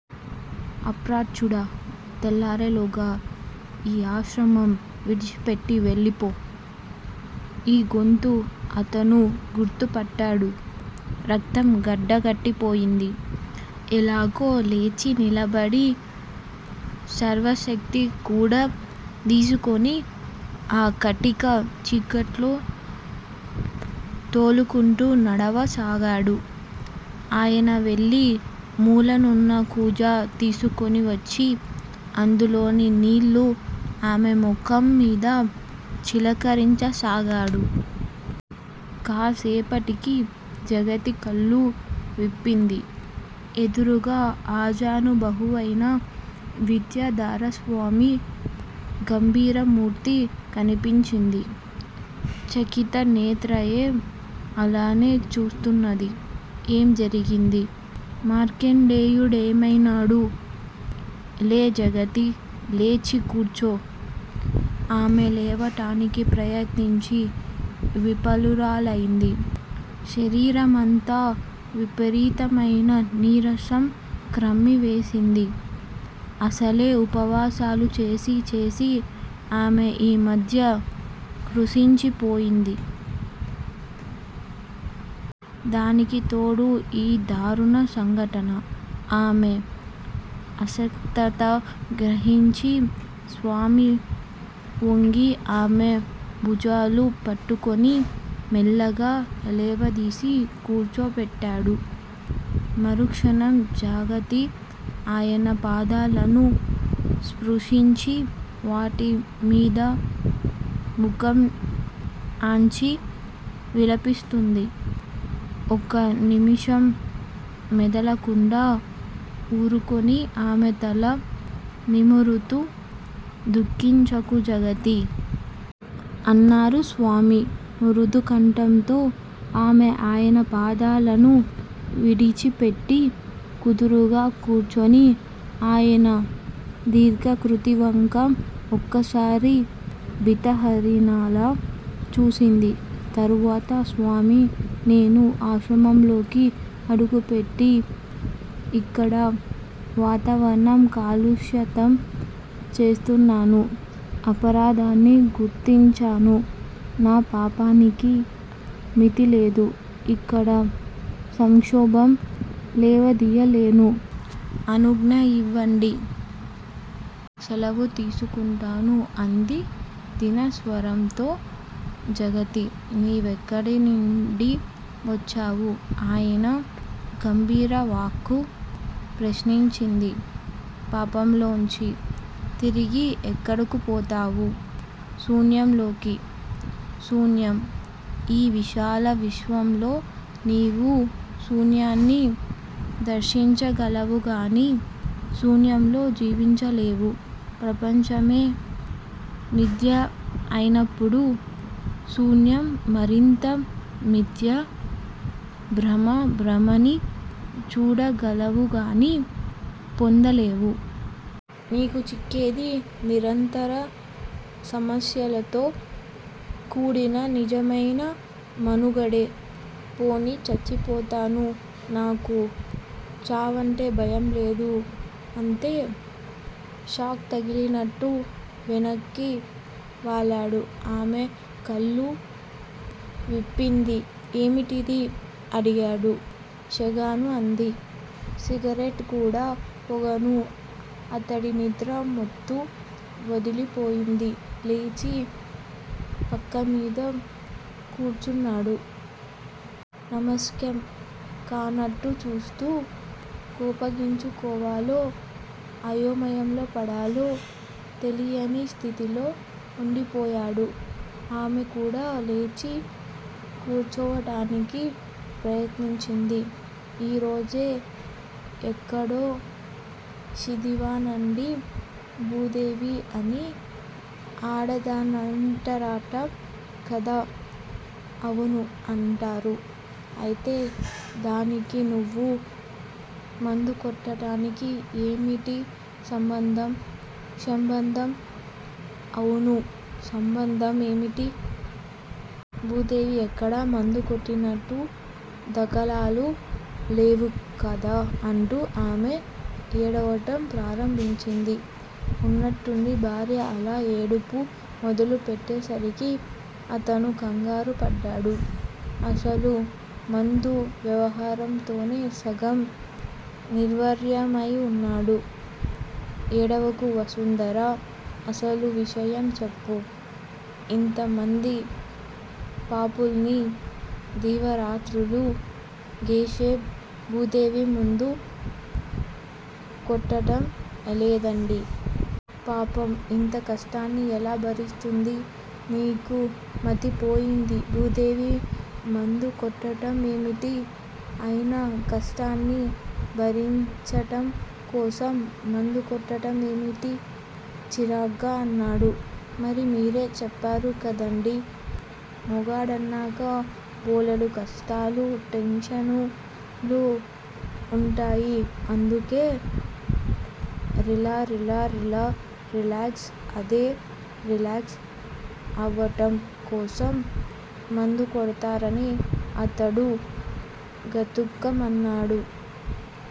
అప్రాచ్యుడా! తెల్లారే లోగా యీ ఆశ్రమం విడిచిపెట్టి వెళ్ళిపో. ఈ గొంతు అతను గుర్తుపట్టాడు. రక్తం గడ్డకట్టి పోయింది. ఎలాగో లేచి నిలబడి సర్వశక్తి కూడ దీసుకుని ఆ కటిక చీకట్లో తోలుకుంటూ నడవ సాగాడు. ఆయన వెళ్ళి మూలనున్న కూజా తీసుకుని వచ్చి, అందులోని నీళ్ళు ఆమె ముఖం మీద చిలకరించ సాగాడు. కాసేపటికి జగతి కళ్ళు విప్పింది. ఎదురుగా ఆజానుబహువైన విద్యాధరస్వామి గంభీరమూర్తి కనిపించింది. చకిత నేత్రయై అలానే చూస్తున్నది. ఏం జరిగింది? మార్కండేయుడేమైనాడు? లే జగతీ! లేచి కూర్చో. ఆమె లేవటానికి ప్రయత్నించి విఫలురాలైంది. శరీరమంతా విపరీతమైన నీరసం క్రమ్మివేసింది. అసలే ఉపవాసాలు చేసి చేసి ఆమె ఈ మధ్య కృశించి పోయింది. దానికి తోడు యీ దారుణ సంఘటన. ఆమె అశక్తత గ్రహించి స్వామి వొంగి ఆమె భుజాలు పట్టుకుని మెల్లగా లేవదీసి కూర్చోపెట్టాడు. మరుక్షణం జగతి ఆయన పాదాలను స్పృశించి, వాటి మీద ముఖం ఆన్చి విలపిస్తోంది. ఒకనిముషం మెదలకుండా ఊరుకుని ఆమె తల నిమురుతూ దుఃఖించకు జగతీ! అన్నారు స్వామి మృదుకంఠంతో. ఆమె ఆయన పాదాలను విడిచిపెట్టి కుదురుగా కూర్చుని ఆయన దీర్ఘాకృతి వంక ఒకసారి భీతహరిణలా చూసింది. తరువాత స్వామీ! నేను ఆశ్రమంలోకి అడుగుపెట్టి యిక్కడ వాతావరణం కాలుష్యతం చేస్తున్నాను. అపరాధాన్ని గుర్తించాను. నా పాపానికి మితిలేదు. ఇక్కడ సంక్షోభం లేవదియ్యలేను, అనుజ్ఞయివ్వండి. సెలవు తీసుకుంటాను అంది దీనస్వరంతో. జగతీ! నీవెక్కడి నుండి వచ్చావు? ఆయన గంభీర వాక్కు ప్రశ్నించింది. పాపంలోంచి. తిరిగి ఎక్కడకు పోతావు? శూన్యంలోకి. శూన్యం! ఈ విశాల విశ్వంలో నీవు శూన్యాన్ని దర్శించగలవుగాని శూన్యంలో జీవించలేవు. ప్రపంచమే మిధ్య అయినప్పుడు శూన్యం మరింత మిధ్య, భ్రమ, భ్రమని చూడగలవుగాని పొందలేవు. నీకు చిక్కేది నిరంతర సమస్యలతో కూడిన నిజమైన మనుగడే. పోనీ చచ్చిపోతాను. నాకు చావంటే భయంలేదు. అంతే. షాక్ తగిలినట్టు వెనక్కి వాలాడు. ఆమె కళ్ళు విప్పింది. ఏమిటిది? ' అడిగాడు. షాగాను అంది. సిగరెట్ కూడా పొగాను అతడి నిద్ర మత్తు వదిలిపోయింది. లేచి పక్కమీద కూర్చున్నాడు. నమ్మశ్యకం కానట్టు చూస్తూ, కోపగించుకోవాలో, అయోమయంలో పడాలో తెలియని స్థితిలో ఉండిపోయాడు. ఆమె కూడా లేచి కూర్చోవటానికి ప్రయత్నించింది. ఈరోజే షిదివానండీ. భూదేవి అని ఆడదాన్నంటార్ట కదా అవును. అంటారు. అయితే దానికీ నువ్వు మందుకొట్టటానికీ ఏమిటి సంబంధం? షంబంధం? అవును శంబంధం ఏమిటి? భూదేవి ఎక్కడా మందుకొట్టినట్టు దాఖలాలు లేవు కదా అంటూ ఆమె ఏడవటం ప్రారంభించింది. ఉన్నట్టుండి భార్య అలా ఏడుపు మొదలు పెట్టే సరికి అతను కంగారు పడ్డాడు. అసలు మందు వ్యవహారంతోనే సగం నిర్వీర్యమయివున్నాడు. ఏడవకు వసుంధరా! అసలు విషయం చెప్పు ఇంత మంది పాపుల్ని దివారాత్రాలు ఘోషే భూదేవి మందు కొట్టట లేదండీ. పాపం ఇంత కష్టాన్ని ఎలా భరిస్తోంది? నీకు మతిపోయింది. భూదేవి మందు కొట్టటం ఏమిటి? అయినా కష్టాన్ని భరించటం కోసం మందుకొట్టటం ఏమిటి? చిరాగ్గా అన్నాడు. మరి మీరే చెప్పారు కదండీ. మొగాడన్నాక బోలెడు కష్టాలూ టెన్షన్లూ వుంటాయి. అందుకే రిలా రిలా రిలా రిలాక్స్ అదే రిలాక్స్ అవటం కోసం మందుకొడ్తారని అతడు గతుక్కుమన్నాడు.